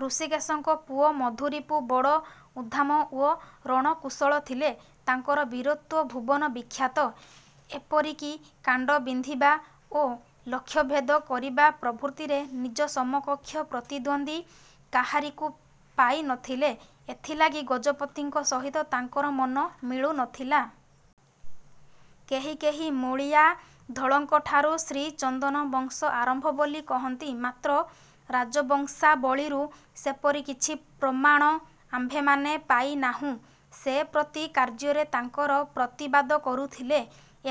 ହୃଷୀକେଶଙ୍କ ପୁଅ ମଧୁରିପୁ ବଡ଼ ଉଦ୍ଦାମ ଓ ରଣକୁଶଳ ଥିଲେ। ତାଙ୍କର ବୀରତ୍ୱ ଭୁବନ−ବିଖ୍ୟାତ। ଏପରି କି କାଣ୍ଡ ବିନ୍ଧିବା ଓ ଲକ୍ଷ୍ୟଭେଦ କରିବା ପ୍ରଭୃତିରେ ନିଜ ସମକକ୍ଷ ପ୍ରତିଦ୍ଵନ୍ଦୀ କାହାରିକୁ ପାଇ ନ ଥିଲେ। ଏଥିଲାଗି ଗଜପତିଙ୍କ ସହିତ ତାଙ୍କର ମନ ମିଳୁ ନ ଥିଲା। କେହି କେହି ମୂଳିଆଧଳଙ୍କଠାରୁ ଶ୍ରୀଚନ୍ଦନ ବଂଶ ଆରମ୍ଭ ବୋଲି କହନ୍ତି; ମାତ୍ର ରାଜବଂଶାବଳୀରୁ ସେପରି କିଛି ପ୍ରମାଣ ଆମ୍ଭେମାନେ ପାଇ ନାହୁଁ। ସେ ପ୍ରତି କାର୍ଯ୍ୟରେ ତାଙ୍କର ପ୍ରତିବାଦ କରୁଥିଲେ।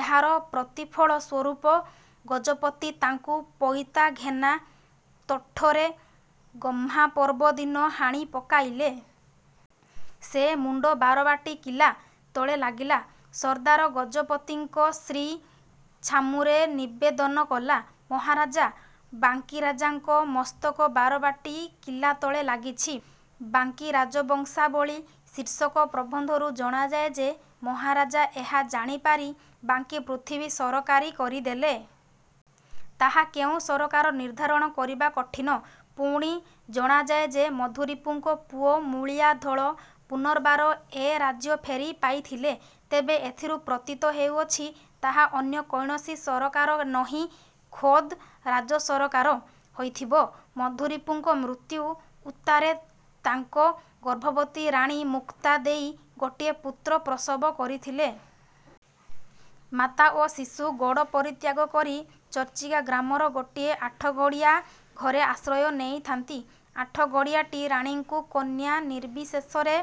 ଏହାର ପ୍ରତିଫଳ ସ୍ୱରୂପ ଗଜପତି ତାଙ୍କୁ ପଇତା-ଘେନା ତୋଠରେ ଗହ୍ମାପର୍ବ ଦିନ ହାଣି ପକାଇଲେ। ସେ ମୁଣ୍ଡ ବାରବାଟୀ କିଲା। ତଳେ ଲାଗିଲା। ସର୍ଦ୍ଦାର ଗଜପତିଙ୍କ ଶ୍ରୀ ଛାମୁରେ ନିବେଦନ କଲା, "ମହାରାଜା, ବାଙ୍କୀରାଜାଙ୍କ ମସ୍ତକ ବାରବାଟୀ କିଲା ତଳେ ଲାଗିଛି। '' "ବାଙ୍କୀ ରାଜବଂଶାବଳୀ'' ଶୀର୍ଷକ ପ୍ରବନ୍ଧରୁ ଜଣାଯାଏ ଯେ, ମହାରାଜା ଏହା ଜାଣି ପାରି ବାଙ୍କୀ ପୃଥିବୀ ସରକାରୀ କରିଦେଲେ। ତାହା କେଉଁ ସରକାର ନିର୍ଦ୍ଧାରଣ କରିବା କଠିନ। ପୁଣି ଜଣାଯାଏ ଯେ, ମଧୁରିପୁଙ୍କ ପୁଅ ମୂଳିଆ ଧଳ ପୁନର୍ବାର ଏ ରାଜ୍ୟ ଫେରି ପାଇଥିଲେ। ତେବେ ଏଥିରୁ ପ୍ରତୀତ ହେଉଅଛି, ତାହା ଅନ୍ୟ କୌଣସି ସରକାର ନୋହି ଖୋଦ୍ ରାଜସରକାର ହୋଇଥିବ। ମଧୁରିପୁଙ୍କ ମୃତ୍ୟୁ ଉତ୍ତାରେ ତାଙ୍କ ଗର୍ଭବତୀ ରାଣୀ ମୁକ୍ତା ଦେଈ ଗୋଟିଏ ପୁତ୍ର ପ୍ରସବ କରିଥିଲେ। ମାତା ଓ ଶିଶୁ ଗଡ଼ ପରିତ୍ୟାଗ କରି ଚର୍ଚ୍ଚିକା ଗ୍ରାମର ଗୋଟିଏ ଆଠଗଡ଼ିଆ ଘରେ ଆଶ୍ରୟ ନେଇଥାନ୍ତି। ଆଠଗଡ଼ିଆଟି ରାଣୀଙ୍କୁ କନ୍ୟାନିର୍ବିଶେଷରେ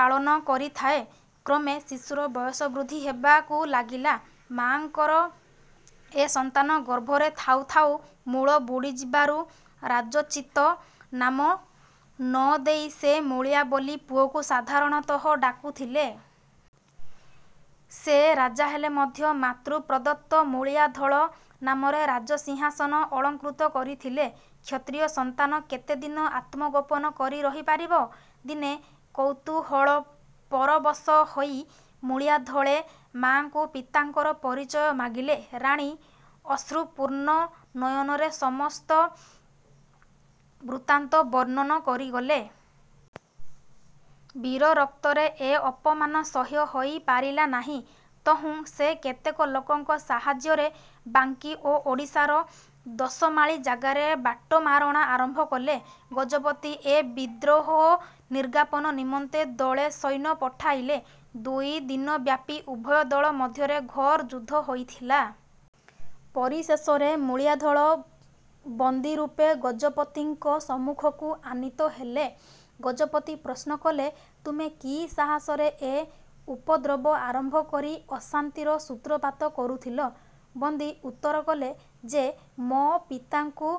ପାଳନ କରିଥାଏ। କ୍ରମେ ଶିଶୁର ବୟସ ବୃଦ୍ଧି ହେବାକୁ ଲାଗିଲା। ମାଆଙ୍କର ଏ ସନ୍ତାନ ଗର୍ଭରେ ଥାଉ ଥାଉ ମୂଳ ବୁଡ଼ିଯିବାରୁ ରାଜୋଚିତ ନାମ ନ ଦେଇ ସେ "ମୂଳିଆ" ବୋଲି ପୁଅକୁ ସାଧାରଣତଃ ଡାକୁଥିଲେ। ସେ ରାଜା ହେଲେ ମଧ୍ୟ ମାତୃପ୍ରଦତ୍ତ ମୂଳିଆ ଧଳ ନାମରେ ରାଜସିଂହାସନ ଅଳଂକୃତ କରିଥିଲେ। କ୍ଷତ୍ରିୟ ସନ୍ତାନ କେତେ ଦିନ ଆତ୍ମଗୋପନ କରି ରହିପାରିବ? ଦିନେ କୌତୁହଳ ପରବଶ ହୋଇ ମୂଳିଆ ଧଳେ ମାଆଙ୍କୁ ପିତାଙ୍କର ପରିଚୟ ମାଗିଲେ। ରାଣୀ ଅଶ୍ରୁପୂର୍ଣ୍ଣ ନୟନରେ ସମସ୍ତ ବୃତ୍ତାନ୍ତ ବର୍ଣ୍ଣନ କରିଗଲେ। ବୀରରକ୍ତରେ ଏ ଅପମାନ ସହ୍ୟ ହୋଇ ପାରିଲା ନାହିଁ। ତହୁଁ ସେ କେତେକ ଲୋକଙ୍କ ସାହାଯ୍ୟରେ ବାଙ୍କୀ ଓ ଓଡ଼ିଶାର ଦୋସମାଳି ଜାଗାରେ ବାଟମାରଣା ଆରମ୍ଭ କଲେ। ଗଜପତି ଏ ବିଦ୍ରୋହ ନିର୍ଗାପନ ନିମନ୍ତେ ଦଳେ ସୈନ୍ୟ ପଠାଇଲେ। ଦୁଇ ଦିନବ୍ୟାପୀ ଉଭୟ ଦଳ ମଧ୍ୟରେ ଘୋର ଯୁଦ୍ଧ ହୋଇଥିଲା। ପରିଶେଷରେ ମୂଳିଆ ଧଳ ବନ୍ଦିରୂପେ ଗଜପତିଙ୍କ ସମ୍ମୁଖକୁ ଆନୀତ ହେଲେ। ଗଜପତି ପ୍ରଶ୍ନ କଲେ, "ତୁମେ କି ସାହାସରେ ଏ ଉପଦ୍ରବ ଆରମ୍ଭ କରି ଅଶାନ୍ତିର ସୂତ୍ରପାତ କରୁଥିଲ? " ବନ୍ଦୀ ଉତ୍ତର କଲେ, "ଯେ ମୋ ପିତାଙ୍କୁ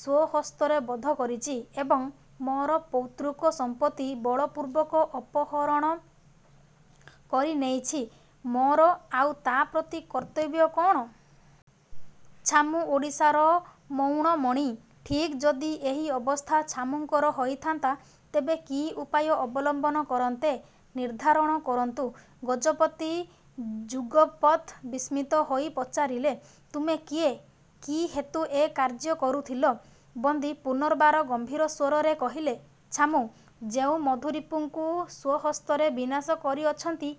ସ୍ଵହସ୍ତରେ ବଧ କରିଛି ଏବଂ ମୋର ପୈତୃକ ସଂପତ୍ତି ବଳପୂର୍ବକ ଅପହରଣ କରି ନେଇଛି, ମୋର ଆଉ ତା ପ୍ରତି କର୍ତ୍ତବ୍ୟ କ'ଣ? ଛାମୁ ଓଡ଼ିଶାର ମଉଡ଼ମଣି। ଠିକ୍ ଯଦି ଏଇ ଅବସ୍ଥା ଛାମୁଙ୍କର ହୋଇଥାନ୍ତା, ତେବେ କି ଉପାୟ ଅବଲମ୍ବନ କରନ୍ତେ, ନିର୍ଦ୍ଧାରଣ କରନ୍ତୁ। '' ଗଜପତି ଯୁଗପତ୍ ବିସ୍ମିତ ହୋଇ ପଚାରିଲେ, "ତୁମେ କିଏ? କି ହେତୁ ଏ କାର୍ଯ୍ୟ କରୁଥିଲ? " ବନ୍ଦୀ ପୁନର୍ବାର ଗମ୍ଭୀର ସ୍ଵରରେ କହିଲେ, "ଛାମୁ ଯେଉଁ ମଧୁରିପୁଙ୍କୁ ସ୍ଵହସ୍ତରେ ବିନାଶ କରିଅଛନ୍ତି,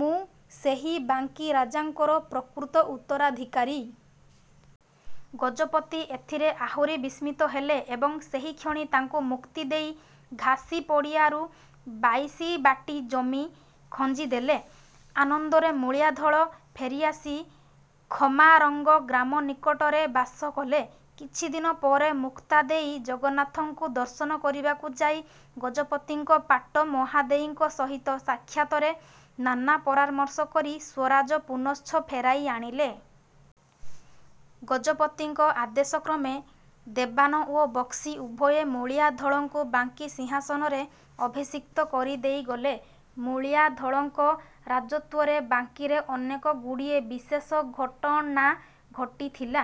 ମୁଁ ସେହି ବାଙ୍କୀ ରାଜାଙ୍କର ପ୍ରକୃତ ଉତ୍ତରାଧିକାରୀ। '' ଗଜପତି ଏଥିରେ ଆହୁରି ବିସ୍ମିତ ହେଲେ ଏବଂ ସେହିକ୍ଷଣି ତାଙ୍କୁ ମୁକ୍ତି ଦେଇ ଘାସିପଡ଼ାରୁ ବାଇଶି ବାଟୀ ଜମି ଖଞ୍ଜିଦେଲେ। ଆନନ୍ଦରେ ମୂଳିଆ ଧଳ ଫେରିଆସି ଖମାରଙ୍ଗ ଗ୍ରାମନିକଟରେ ବାସ କଲେ। କିଛି ଦିନ ପରେ ମୁକ୍ତା ଦେଈ ଜଗନ୍ନାଥଙ୍କୁ ଦର୍ଶନ କରିବାକୁ ଯାଇ ଗଜପତିଙ୍କ ପାଟ ମହାଦେଈଙ୍କ ସହିତ ସାକ୍ଷାତରେ ନାନା ପରାମର୍ଶ କରି ସ୍ଵରାଜ ପୁନଶ୍ଚ ଫେରାଇ ଆଣିଲେ। ଗଜପତିଙ୍କ ଆଦେଶକ୍ରମେ ଦେବାନ ଓ ବକ୍ସି ଉଭୟେ ମୂଳିଆ ଧଳଙ୍କୁ ବାଙ୍କୀ ସିଂହାସନରେ ଅଭିଷିକ୍ତ କରି ଦେଇ ଗଲେ। ମୂଳିଆ ଧଳଙ୍କ ରାଜତ୍ୱରେ ବାଙ୍କୀରେ ଅନେକଗୁଡ଼ିଏ ବିଶେଷ ଘଟନା ଘଟିଥିଲା।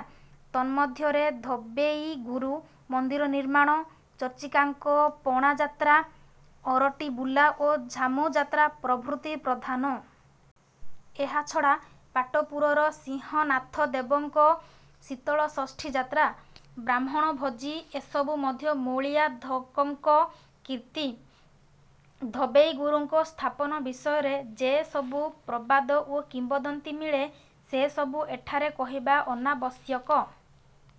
ତନ୍ମଧ୍ୟରେ "ଧୋବେଇ ଗୁରୁ" ମନ୍ଦିର ନିର୍ମାଣ, ଚର୍ଚ୍ଚିକାଙ୍କ ପଣାଯାତ୍ରା, ଅରଟି ବୁଲା ଓ ଝାମୁଯାତ୍ରା ପ୍ରଭୃତି ପ୍ରଧାନ। ଏହା ଛଡ଼ା ପାଟପୁରର ସିଂହନାଥ ଦେବଙ୍କ ଶୀତଳଷଷ୍ଠୀ ଯାତ୍ରା, ବ୍ରାହ୍ମଣ ଭୋଜି ଏସବୁ ମଧ୍ୟ ମୂଳିଆ ଧକଙ୍କ କୀର୍ତ୍ତି। 'ଧୋବେଇ ଗୁରୁ'ଙ୍କ ସ୍ଥାପନ ବିଷୟରେ ଯେ ସବୁ ପ୍ରବାଦ ଓ କିମ୍ବଦନ୍ତୀ ମିଳେ, ସେ ସବୁ ଏଠାରେ କହିବା ଅନାବଶ୍ୟକ।